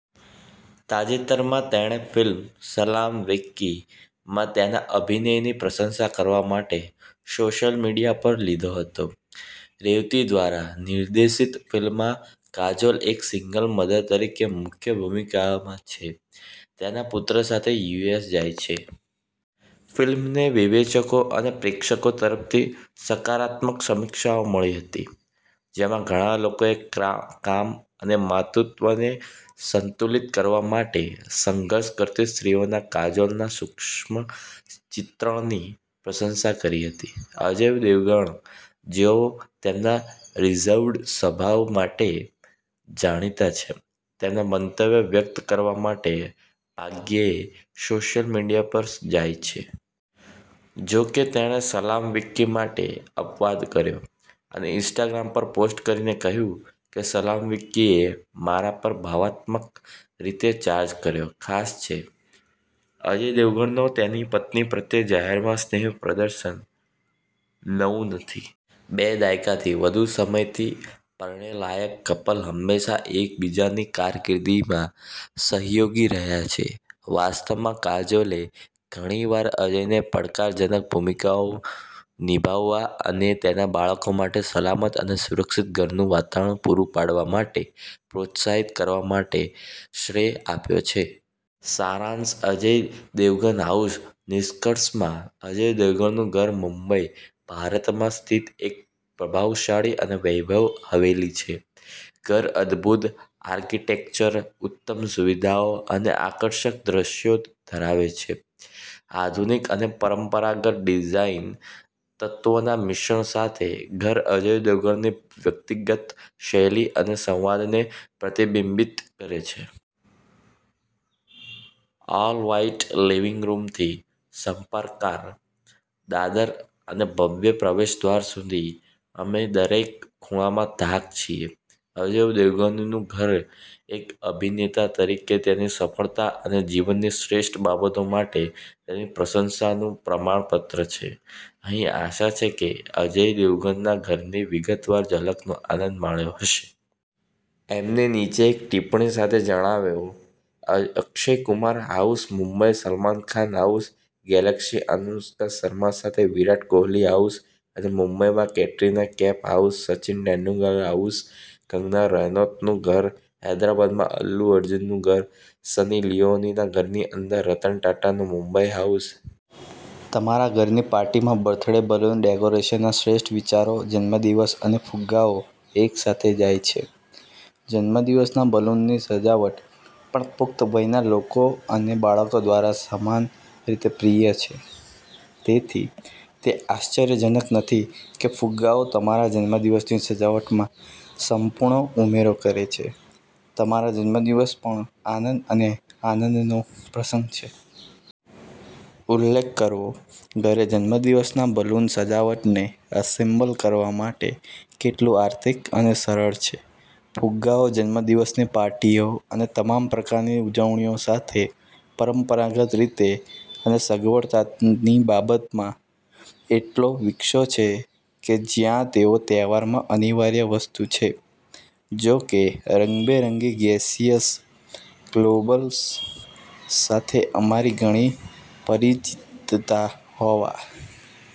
તાજેતરમાં, તેણે ફિલ્મ 'સલામ વેંકી'માં તેના અભિનયની પ્રશંસા કરવા માટે સોશિયલ મીડિયા પર લીધો હતો. રેવતી દ્વારા નિર્દેશિતફિલ્મમાં કાજોલ એક સિંગલ મધર તરીકે મુખ્ય ભૂમિકામાં છે જે તેના પુત્ર સાથે યુએસ જાય છે. ફિલ્મને વિવેચકો અને પ્રેક્ષકો તરફથી સકારાત્મક સમીક્ષાઓ મળી હતી, જેમાં ઘણા લોકોએ કામ અને માતૃત્વને સંતુલિત કરવા માટે સંઘર્ષ કરતી સ્ત્રીના કાજોલના સૂક્ષ્મ ચિત્રણની પ્રશંસા કરી હતી. અજય દેવગણ, જેઓ તેમના રિઝર્વ્ડ સ્વભાવ માટે જાણીતા છે, તેમના મંતવ્યો વ્યક્ત કરવા માટે ભાગ્યેસોશિયલ મીડિયા પર જાય છે. જો કે, તેણે 'સલામ વેંકી' માટે અપવાદ કર્યો, અને ઇન્સ્ટાગ્રામ પર પોસ્ટ કરીને કહ્યું કે "સલામ વેંકીએ મારા પર ભાવનાત્મક રીતે 'ચાર્જ' કર્યો. ખાસ છે. " અજય દેવગણનો તેની પત્ની પ્રત્યે જાહેરમાં સ્નેહનું પ્રદર્શન નવું નથી. બે દાયકાથી વધુ સમયથી પરણેલાકપલ હંમેશા એકબીજાની કારકિર્દીમાં સહયોગી રહ્યા છે. વાસ્તવમાં, કાજોલે ઘણીવાર અજયને પડકારજનક ભૂમિકાઓ નિભાવવા અને તેમના બાળકો માટે સલામત અને સુરક્ષિત ઘરનું વાતાવરણ પૂરું પાડવા માટે પ્રોત્સાહિત કરવા માટે શ્રેય આપ્યો છે. સારાંશઅજય દેવગન હાઉસ નિષ્કર્ષમાં, અજય દેવગણનું ઘર મુંબઈ, ભારતમાં સ્થિત એક પ્રભાવશાળી અને વૈભવી હવેલી છે. ઘર અદભૂત આર્કિટેક્ચર, ઉચ્ચતમ સુવિધાઓ અને આકર્ષક દૃશ્યો ધરાવે છે. આધુનિક અને પરંપરાગત ડિઝાઇન તત્વોના મિશ્રણ સાથે, ઘર અજય દેવગનની વ્યક્તિગત શૈલી અને સ્વાદને પ્રતિબિંબિત કરે છે. ઓલ-વ્હાઇટ લિવિંગ રૂમથી સર્પાકાર દાદર અને ભવ્ય પ્રવેશદ્વાર સુધી, અમે દરેક ખૂણામાં ધાક છીએ. અજય દેવગનનું ઘર એક અભિનેતા તરીકેની તેની સફળતા અને જીવનની શ્રેષ્ઠ બાબતો માટે તેની પ્રશંસાનું પ્રમાણપત્ર છે. અહીં આશા છે કે તમે અજય દેવગનના ઘરની વિગતવાર ઝલકનો આનંદ માણ્યો હશે. અમને નીચે એક ટિપ્પણી સાથે જણાવો. Akshay Kumar house Mumbai Salman Khan house Galaxy Anushka Sharma સાથે વિરાટ કોહલી હાઉસ મુંબઈમાં કેટરિના કૈફ હાઉસ સચિન તેંડુલકર હાઉસ કંગના રનૌતનું ઘર હૈદરાબાદમાં અલ્લુ અર્જુનનું ઘર સની લિયોનીના ઘરની અંદર રતન ટાટાનું મુંબઈ હાઉસ। તમારા ઘરની પાર્ટી માટે બર્થડે બલૂન ડેકોરેશનના શ્રેષ્ઠ વિચારો જન્મદિવસ અને ફુગ્ગાઓ એકસાથે જાય છે. જન્મદિવસના બલૂનની સજાવટ પણ પુખ્ત વયના લોકો અને બાળકો દ્વારા સમાન રીતે પ્રિય છે. તેથી, તે આશ્ચર્યજનક નથી કે ફુગ્ગાઓ તમારા જન્મદિવસની સજાવટમાં સંપૂર્ણ ઉમેરો કરે છે, તમારો જન્મદિવસ પણ આનંદ અને આનંદનો પ્રસંગ છે. ઉલ્લેખકરવો, ઘરે જન્મદિવસના બલૂન સજાવટને એસેમ્બલ કરવા માટે કેટલું આર્થિક અને સરળ છે. ફુગ્ગાઓ જન્મદિવસની પાર્ટીઓ અને તમામ પ્રકારની ઉજવણીઓ સાથે પરંપરાગત રીતે અને સગવડતાની બાબતમાં એટલો વિકસ્યો છે કે જ્યાં તેઓ તહેવારોમાં અનિવાર્ય વસ્તુ છે. જો કે, રંગબેરંગી ગેસિયસ ગ્લોબ્સ સાથે અમારી ઘણી પરિચિતતા હોવા